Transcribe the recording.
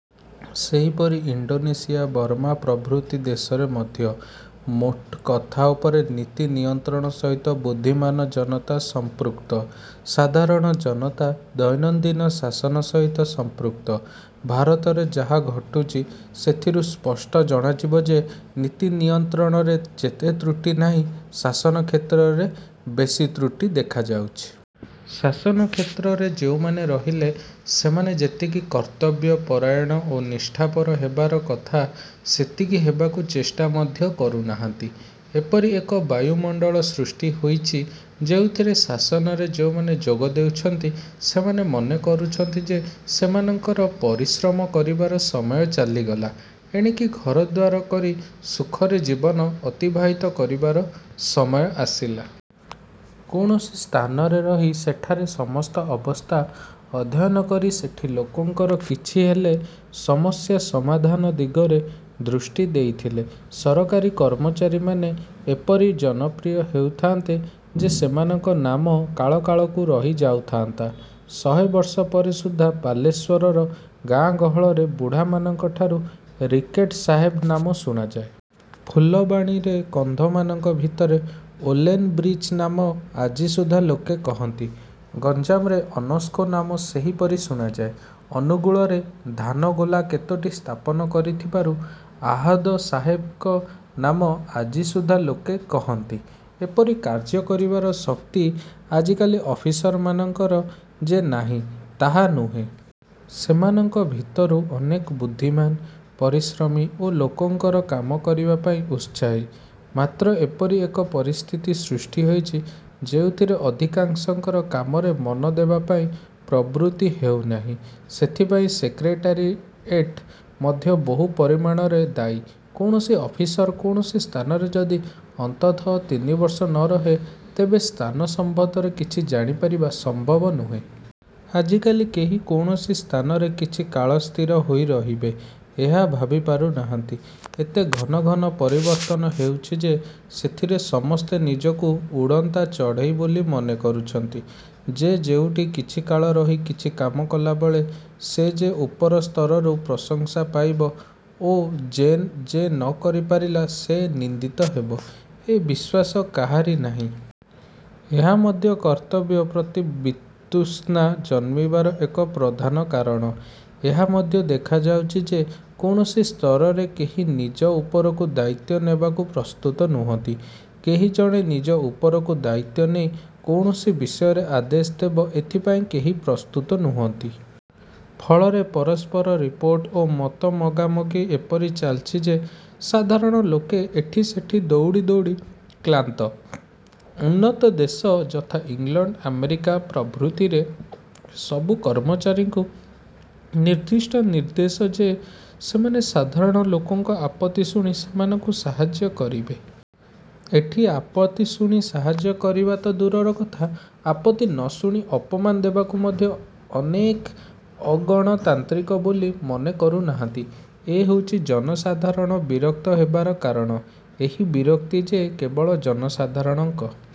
ସେହିପରି Indonesia, Burma ପ୍ରଭୃତି ଦେଶରେ ମଧ୍ୟ। ମୋଟ କଥା ଉପରେ ନୀତି ନିୟନ୍ତ୍ରଣ ସହିତ ବୁଦ୍ଧିମାନ ଜନତା ସଂପୃକ୍ତ। ସାଧାରଣ ଜନତା ଦୈନନ୍ଦିନ ଶାସନ ସହିତ ସଂପୃକ୍ତ। ଭାରତରେ ଯାହା ଘଟୁଛି ସେଥିରୁ ସ୍ପଷ୍ଟ ଜଣାଯିବ ଯେ ନୀତି ନିୟନ୍ତ୍ରଣରେ ଯେତେ ତ୍ରୁଟି ନାହିଁ, ଶାସନ କ୍ଷେତ୍ରରେ ବେଶି ତ୍ରୁଟି ଦେଖାଯାଉଛି। ଶାସନ କ୍ଷେତ୍ରରେ ଯେଉଁମାନେ ରହିଲେ, ସେମାନେ ଯେତିକି କର୍ତ୍ତବ୍ୟପରାୟଣ ଓ ନିଷ୍ଠାପର ହେବାର କଥା ସେତିକି ହେବାକୁ ଚେଷ୍ଟା ମଧ୍ୟ କରୁନାହାନ୍ତି। ଏପରି ଏକ ବାୟୁମଣ୍ଡଳ ସୃଷ୍ଟି ହୋଇଛି, ଯେଉଁଥିରେ ଶାସନରେ ଯେଉଁମାନେ ଯୋଗ ଦେଉଛନ୍ତି ସେମାନେ ମନେ କରୁଛନ୍ତି ଯେ ସେମାନଙ୍କର ପରିଶ୍ରମ କରିବାର ସମୟ ଚାଲିଗଲା, ଏଣିକି ଘରଦ୍ୱାର କରି ସୁଖରେ ଜୀବନ ଅତିବାହିତ କରିବାର ସମୟ ଆସିଲା। କୌଣସି ସ୍ଥାନରେ ରହି ସେଠାର ସମସ୍ତ ଅବସ୍ଥା ଅଧ୍ୟୟନ କରି ସେଠି ଲୋକଙ୍କର କିଛିହେଲେ ସମସ୍ୟା ସମାଧାନ ଦିଗରେ ଦୃଷ୍ଟି ଦେଇଥିଲେ, ସରକାରୀ କର୍ମଚାରୀମାନେ ଏପରି ଜନପ୍ରିୟ ହେଉଥାନ୍ତେ ଯେ ସେମାନଙ୍କ ନାମ କାଳକାଳକୁ ରହିଯାଉଥାନ୍ତା। ଶହେ ବର୍ଷ ପରେ ସୁଦ୍ଧା ବାଲେଶ୍ୱରର ଗାଁ ଗହଳରେ ବୁଢ଼ାମାନଙ୍କଠାରୁ ରିକେଟ ସାହେବ ନାମ ଶୁଣାଯାଏ। ଫୁଲବାଣୀରେ କନ୍ଧମାନଙ୍କ ଭିତରେ ଓଲେନ ବ୍ରିଚ ନାମ ଆଜିସୁଦ୍ଧା ଲୋକେ କହନ୍ତି। ଗଞ୍ଜାମରେ ଅନସ୍କୋ ନାମ ସେହିପରି ଶୁଣାଯାଏ। ଅନୁଗୁଳରେ ଧାନ ଗୋଲା କେତୋଟି ସ୍ଥାପନ କରିଥିବାରୁ ଆହାଦ ସାହେବଙ୍କ ନାମ ଆଜିସୁଦ୍ଧା ଲୋକେ କହନ୍ତି। ଏପରି କାର୍ଯ୍ୟ କରିବାର ଶକ୍ତି ଆଜିକାଲି ଅଫିସରମାନଙ୍କର ଯେ ନାହିଁ ତାହା ନୁହେଁ। ସେମାନଙ୍କ ଭିତରୁ ଅନେକ ବୁଦ୍ଧିମାନ, ପରିଶ୍ରମୀ ଓ ଲୋକଙ୍କର କାମ କରିବା ପାଇଁ ଉତ୍ସାହୀ; ମାତ୍ର ଏପରି ଏକ ପରିସ୍ଥିତି ସୃଷ୍ଟି ହୋଇଛି, ଯେଉଁଥିରେ ଅଧିକାଂଶଙ୍କର କାମରେ ମନ ଦେବାପାଇଁ ପ୍ରବୃତ୍ତି ହେଉନାହିଁ। ସେଥିପାଇଁ ସେକ୍ରେଟାରୀଏଟ ମଧ୍ୟ ବହୁ ପରିମାଣରେ ଦାୟୀ। କୌଣସି ଅଫିସର କୌଣସି ସ୍ଥାନରେ ଯଦି ଅନ୍ତତଃ ତିନିବର୍ଷ ନ ରହେ, ତେବେ ସ୍ଥାନ ସମ୍ବନ୍ଧରେ କିଛି ଜାଣିପାରିବା ସମ୍ଭବ ନୁହେଁ। ଆଜିକାଲି କେହି କୌଣସି ସ୍ଥାନରେ କିଛିକାଳ ସ୍ଥିର ହୋଇ ରହିବେ, ଏହା ଭାବିପାରୁନାହାନ୍ତି। ଏତେ ଘନ ଘନ ପରିବର୍ତ୍ତନ ହେଉଛି ଯେ ସେଥିରେ ସମସ୍ତେ ନିଜକୁ ଉଡ଼ନ୍ତା ଚଢ଼େଇ ବୋଲି ମନେ କରୁଛନ୍ତି। ଯେ ଯେଉଁଠି କିଛିକାଳ ରହି କିଛି କାମ କଲା ସେ ଯେ ଉପର ସ୍ତରରୁ ପ୍ରଶଂସା ପାଇବ ଓ ଯେ ନ କରିପାରିଲା ସେ ନିନ୍ଦିତ ହେବ- ଏ ବିଶ୍ୱାସ କାହାରି ନାହିଁ। ଏହା ମଧ୍ୟ କର୍ତ୍ତବ୍ୟ ପ୍ରତି ବିତୃଷ୍ଣା ଜନ୍ମିବାର ଏକ ପ୍ରଧାନ କାରଣ। ଏହା ମଧ୍ୟ ଦେଖାଯାଉଛି ଯେ କୌଣସି ସ୍ତରରେ କେହି ନିଜ ଉପରକୁ ଦାୟିତ୍ୱ ନେବାକୁ ପ୍ରସ୍ତୁତ ନୁହନ୍ତି। କେହି ଜଣେ ନିଜ ଉପରକୁ ଦାୟିତ୍ୱ ନେଇ କୌଣସି ବିଷୟରେ ଆଦେଶ ଦେବ, ଏଥିପାଇଁ କେହି ପ୍ରସ୍ତୁତ ନୁହନ୍ତି। ଫଳରେ ପରସ୍ପର ରିପୋର୍ଟ ଓ ମତ ମଗାମଗି ଏପରି ଚାଲିଛି ଯେ ସାଧାରଣ ଲୋକେ ଏଠିସେଠି ଦୌଡ଼ି ଦୌଡ଼ି କ୍ଳାନ୍ତ। ଉନ୍ନତ ଦେଶ, ଯଥା- ଇଂଲଣ୍ଡ, ଆମେରିକା ପ୍ରଭୃତିରେ ସବୁ କର୍ମଚାରୀଙ୍କୁ ନିର୍ଦ୍ଦିଷ୍ଟ ନିର୍ଦ୍ଦେଶ ଯେ ସେମାନେ ସାଧାରଣ ଲୋକଙ୍କ ଆପତ୍ତି ଶୁଣି ସେମାନଙ୍କୁ ସାହାଯ୍ୟ କରିବେ। ଏଠି ଆପତ୍ତି ଶୁଣି ସାହାଯ୍ୟ କରିବା ତ ଦୂରର କଥା, ଆପତ୍ତି ନ ଶୁଣି ଅପମାନ ଦେବାକୁ ମଧ୍ୟ ଅନେକେ ଅଗଣତାନ୍ତ୍ରିକ ବୋଲି ମନେ କରୁନାହାନ୍ତି। ଏହି ହେଉଛି ଜନସାଧାରଣ ବିରକ୍ତ ହେବାର କାରଣ। ଏହି ବିରକ୍ତି ଯେ କେବଳ ଜନସାଧାରଣଙ୍କ